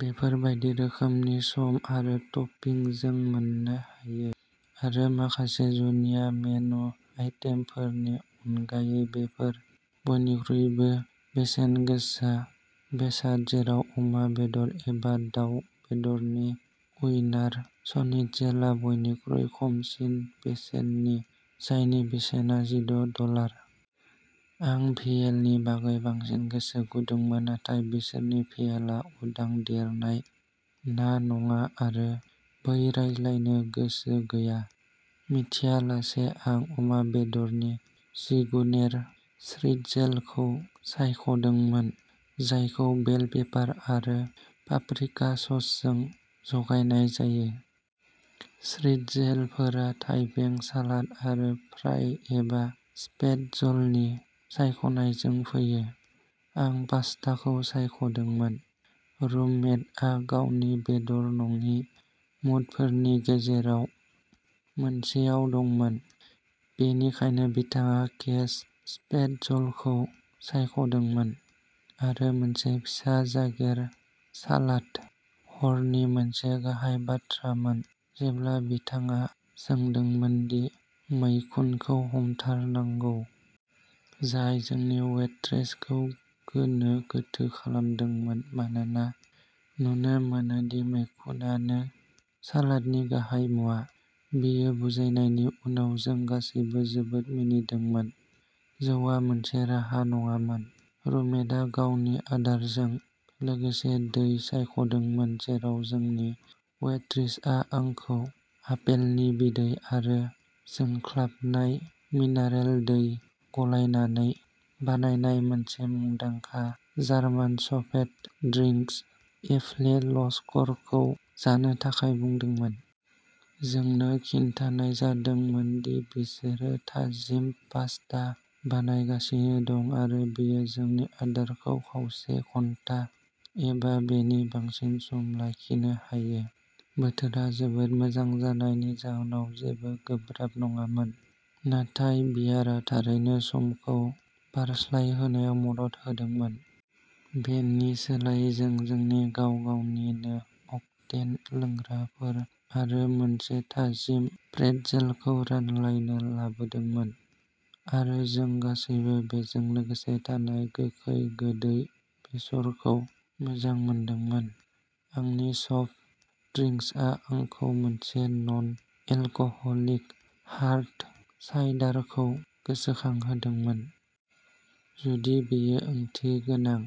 बेफोर बायदि रोखोमनि सम आरो टपिंजों मोननो हायो। आरो माखासे जुनिया मेनु आइटेमफोरनि अनगायै बेफोर बयनिख्रुइबो बेसेनगोसा बेसाद जेराव अमा बेदर एबा दाव बेदरनि वीनार स्निटजेलआ बयनिख्रुइ खमसिन बेसेननि जायनि बेसेना जिद’ डलार। आं भियेलनि बागै बांसिन गोसो गुदुंमोन। नाथाय बिसोरनि भियेलआ उदां देरनाय ना नङा आरो बै रायज्लायनो गोसो गैया मिथियालासे आं अमा बेदरनि जिगुनेर श्निटजेलखौ सायख'दोंमोन। जायखौ बेल पेपार आरो पाप्रिका ससजों जगायनाय जायो। श्निटजेलफोरा थाइबें सालाद आरो फ्राइ एबा स्पेटजलनि सायख'नायजों फैयो। आं पास्ताखौ सायख'दोंमोन। रुममेटआ गावनि बेदर नङि मुडफोरनि गेजेराव मोनसेआव दंमोन। बेनिखायनो बिथाङा केस स्पेटजलखौ सायख'दोंमोन। आरो मोनसे फिसा जागेर सालात। हरनि मोनसे गाहाय बाथ्रामोन जेब्ला बिथाङा सोंदोंमोन दि मैखुनखौ हमथारनांगौ। जाय जोंनि वेट्रेसखौ गोनो गोथो खालामदोंमोन मानोना नुनो मोनो दि मैखुनानो सालादनि गाहाय मुवा। बियो बुजायनायनि उनाव जों गासैबो जोबोद मिनिदोंमोन। जौआ मोनसे राहा नङामोन। रुममेटआ गावनि आदारजों लोगोसे दै सायख'दोंमोन जेराव जोंनि वेट्रेसआ आंखौ आपेलनि बिदै आरो जोंख्लाबनाय मिनारेल दै गलायनानै बानायनाय मोनसे मुंदांखा जार्मान सफेट ड्रिंक्स एपफेल्सकरखौ जानो थाखाय बुंदोंमोन। जोंनो खिन्थानाय जादोंमोन दि बिसोरो थाजिम पास्ता बानायगासिनो दं आरो बेयो जोंनि आदारखौ खावसे घन्टा एबा बेनि बांसिन सम लाखिनो हायो। बोथोरा जोबोद मोजां जानायनि जाहोनाव जेबो गोब्राब नङामोन। नाथाय बियारा थारैनो समखौ बारस्लायहोनायाव मदद होदोंमोन। बेनि सोलायै जों जोंनि गाव-गावनि नो अक्टेन लोंग्राफोर आरो मोनसे थाजिम प्रेट्जेलखौ रानलायनो लाबोदोंमोन। आरो जों सानैबो बेजों लोगोसे थानाय गोखै गोदै बेसरखौ मोजां मोनदोंमोन। आंनि सफ्ट ड्रिंक्सआ आंखौ मोनसे नन एलकहलिक हार्ड साइडारखौ गोसोखांहोदोंमोन। जुदि बेयो ओंथिगोनां।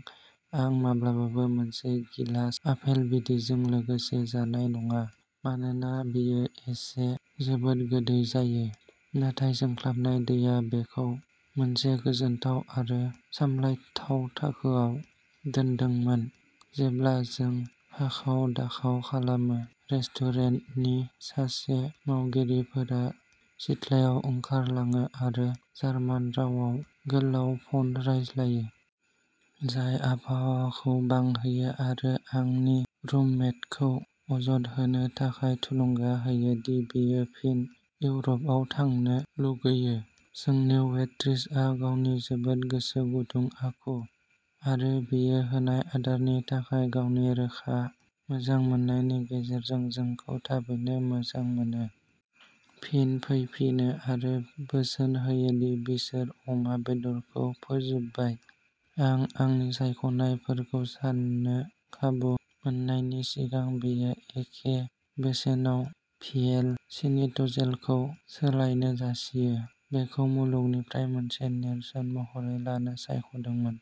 आं माब्लाबाबो मोनसे गिलास आफेल बिदैजों लोगोसे जानाय नङा। मानोना बेयो एसे जोबोद गोदै जायो। नाथाय जोंख्लाबनाय दैया बेखौ मोनसे गोजोनथाव आरो सामलायथाव थाखोआव दोनदोंमोन। जेब्ला जों हाखाव-दाखाव खालामो रेस्टुरेन्टनि सासे मावगिरिफोरा सिथलायाव ओंखारलाङो आरो जार्मान रावाव गोलाव फन रायज्लायो। जाय आबहावाखौ बांहोयो आरो आंनि रुममेटखौ अजद होनो थाखाय थुलुंगा होयो दि बियो फिन इउर'पआव थांनो लुगैयो। जोंनि वेट्रेसआ गावनि जोबोद गोसो गुदुं आखु आरो बियो होनाय आदारनि थाखाय गावनि रोखा मोजांमोननायनि गेजेरजों जोंखौ थाबैनो मोजां मोनो। फिन फैफिनो आरो बोसोन होयो दि बिसोर अमा बेदरखौ फोजोबबाय। आं आंनि सायख'नायफोरखौ सान्नो खाबु मोननायनि सिगां बियो एखे बेसेनाव भियेल स्निट्जेलखौ सोलायनो जासियो। बेखौ मुलुगनिफ्राय मोनसे नेरसोन महरै लानो सायख'दोंमोन।